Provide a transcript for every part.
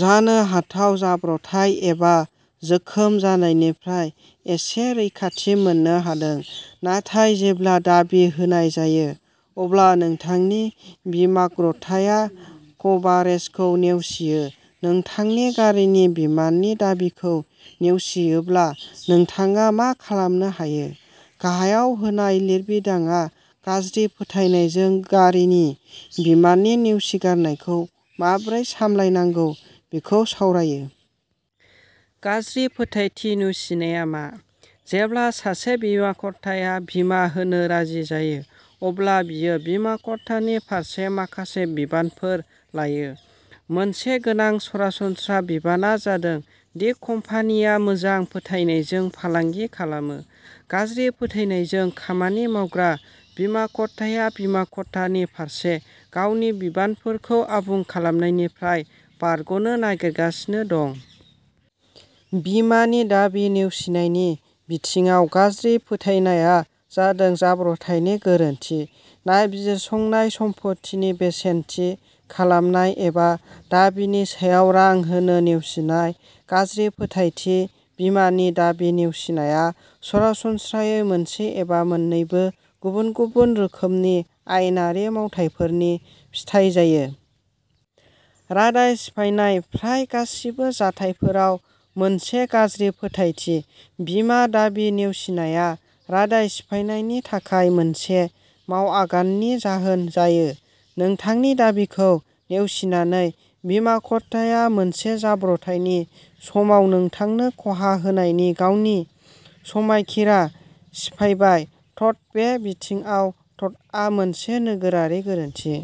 जानो हाथाव जाब्रबथाय एबा जोखोम जानायनिफ्राय एसे रैखाथि मोननो हादों। नाथाय जेब्ला दाबि होनाय जायो। अब्ला नोंथांनि बीमाकर्ताया कभारेजखौ नेवसियो। नोंथांनि गारिनि बीमानि दाबिखौ नेवसियोब्ला नोंथाङा मा खालामनो हायो? गाहायाव होनाय लिरबिदांआ गाज्रि फोथायनायजों गारिनि बीमानि नेवसिगारनायखौ माबोरै सामलायनांगौ बेखौ सावरायो। गाज्रि फोथायथि नेवसिनाया मा? जेब्ला सासे बीमाकर्ताया बीमा होनो राजि जायो। अब्ला बियो बीमाकर्तानि फारसे माखासे बिबानफोर लायो। मोनसे गोनां सरासनस्रा बिबानआ जादों दि कम्पानिया मोजां फोथायनायजों फालांगि खालामो। गाज्रि फोथायनायजों खामानि मावग्रा बीमाकर्ताया बीमाकर्तानि फारसे गावनि बिबानफोरखौ आबुं खालामनायनिफ्राय बारग'नो नागिरगासिनो दं। बीमानि दाबि नेवसिनायनि बिथिङाव गाज्रि फोथायनाया जादों जाब्रबथायनि गोरोन्थि नायबिजिरसंनाय सम्पथिनि बेसेन थि खालामनाय एबा दाबिनि सायाव रां होनो नेवसिनाय। गाज्रि फोथायथि बीमानि दाबि नेवसिनाया सरासनस्रायै मोनसे एबा मोन्नैबो गुबुन-गुबुन रोखोमनि आयेनारि मावथायफोरनि फिथाय जायो। रादाय सिफायनाय प्राय गासिबो जाथायफोराव मोनसे गाज्रि फोथायथि बीमा दाबि नेवसिनाया रादाय सिफायनायनि थाखाय मोनसे मावआगाननि जाहोन जायो। नोंथांनि दाबिखौ नेवसिनानै बीमाकर्ताया मोनसे जाब्रबथायनि समाव नोंथांनो खहा होनायनि गावनि समायखिरा सिफायबाय। टर्ट बे बिथिङाव टर्टआ मोनसे नोगोरारि गोरोन्थि।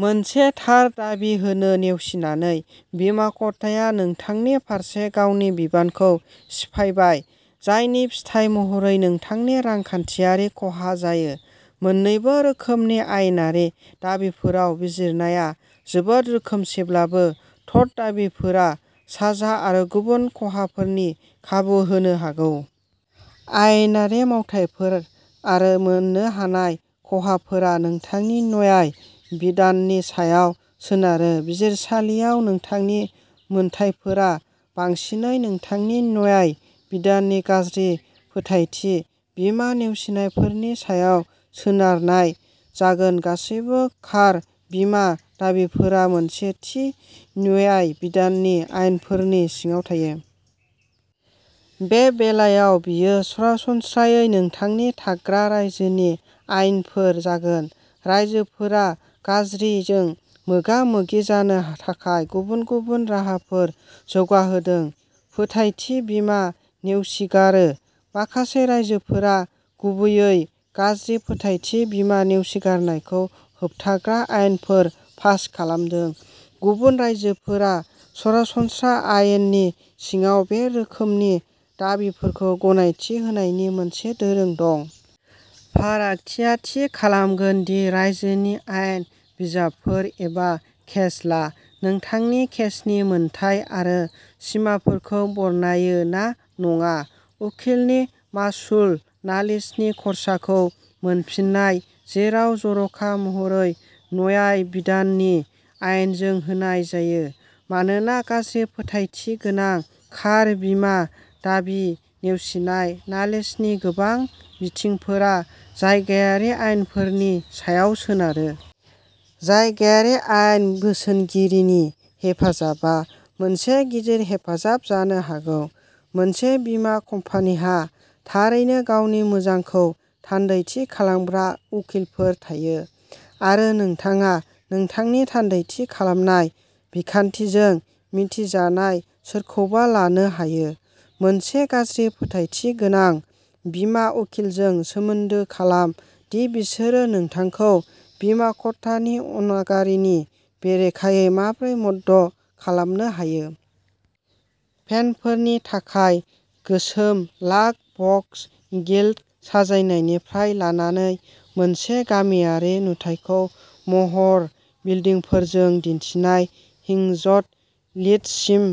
मोनसे थार दाबि होनो नेवसिनानै बीमाकर्ताया नोंथांनि फारसे गावनि बिबानखौ सिफायबाय जायनि फिथाय महरै नोंथांनि रांखान्थियारि खहा जायो। मोननैबो रोखोमनि आयेनारि दाबिफोराव बिजिरनाया जोबोद रोखोमसेब्लाबो टर्ट दाबिफोरा साजा आरो गुबुन खहाफोरनि खाबु होनो हागौ। आयेनारि मावथायफोर आरो मोननो हानाय खहाफोरा नोंथांनि न्याय बिधाननि सायाव सोनारो। बिजिरसालियाव नोंथांनि मोनथायफोरा बांसिनै नोंथांनि न्याय बिधाननि गाज्रि फोथायथि बीमा नेवसिनायफोरनि सायाव सोनारनाय जागोन। गासैबो कार बीमा दाबिफोरा मोनसे थि न्याय बिधाननि आयेनफोरनि सिङाव थायो। बे बेलायाव बेयो सरासनस्रायै नोंथांनि थाग्रा रायजोनि आयेनफोर जागोन। रायजोफोरा गाज्रिजों मोगा-मोगि जानो थाखाय गुबुन-गुबुन राहाफोर जौगाहोदों। फोथायथि बीमा नेवसिगारो। माखासे रायजोफोरा गुबैयै गाज्रि फोथायथि बीमा नेवसिगारनायखौ होबथाग्रा आयेनफोर पास खालामदों। गुबुन रायजोफोरा सरासनस्रा आयेननि सिङाव बे रोखोमनि दाबिफोरखौ गनायथि होनायनि मोनसे दोरों दं। फारागथिया थि खालामगोन दि रायजोनि आयेन बिजाबफोर एबा केसला नोंथांनि केसनि मोनथाय आरो सिमाफोरखौ बरनायो ना नङा। उखिलनि मासुल नालिसनि खर्साखौ मोनफिन्नाय जेराव जर'खा महरै न्याय बिधाननि आयेनजों होनाय जायो। मानोना गाज्रि फोथायथि गोनां कार बीमा दाबि नेवसिनाय नालिसनि गोबां बिथिंफोरा जायगायारि आयेनफोरनि सायाव सोनारो। जायगायारि आयेन बोसोनगिरिनि हेफाजाबआ मोनसे गिदिर हेफाजाब जानो हागौ। मोनसे बीमा कम्पानीहा थारैनो गावनि मोजांखौ थान्दैथि खालामग्रा उखिलफोर थायो। आरो नोंथाङा नोंथांनि थान्दैथि खालामनाय बिखान्थिजों मिथिजानाय सोरखौबा लानो हायो। मोनसे गाज्रि फोथायथि गोनां बीमा उखिलजों सोमोन्दो खालाम दि बिसोरो नोंथांखौ बीमाकर्तानि अनागारिनि बेरेखायै माबोरै मदद खालामनो हायो। पेनफोरनि थाखाय गोसोम लाखा बक्स। गिल्ट साजायनायनिफ्राय लानानै मोनसे गामियारि नुथायखौ महर बिल्डिंफोरजों दिन्थिनाय हिंजड लिदसिम।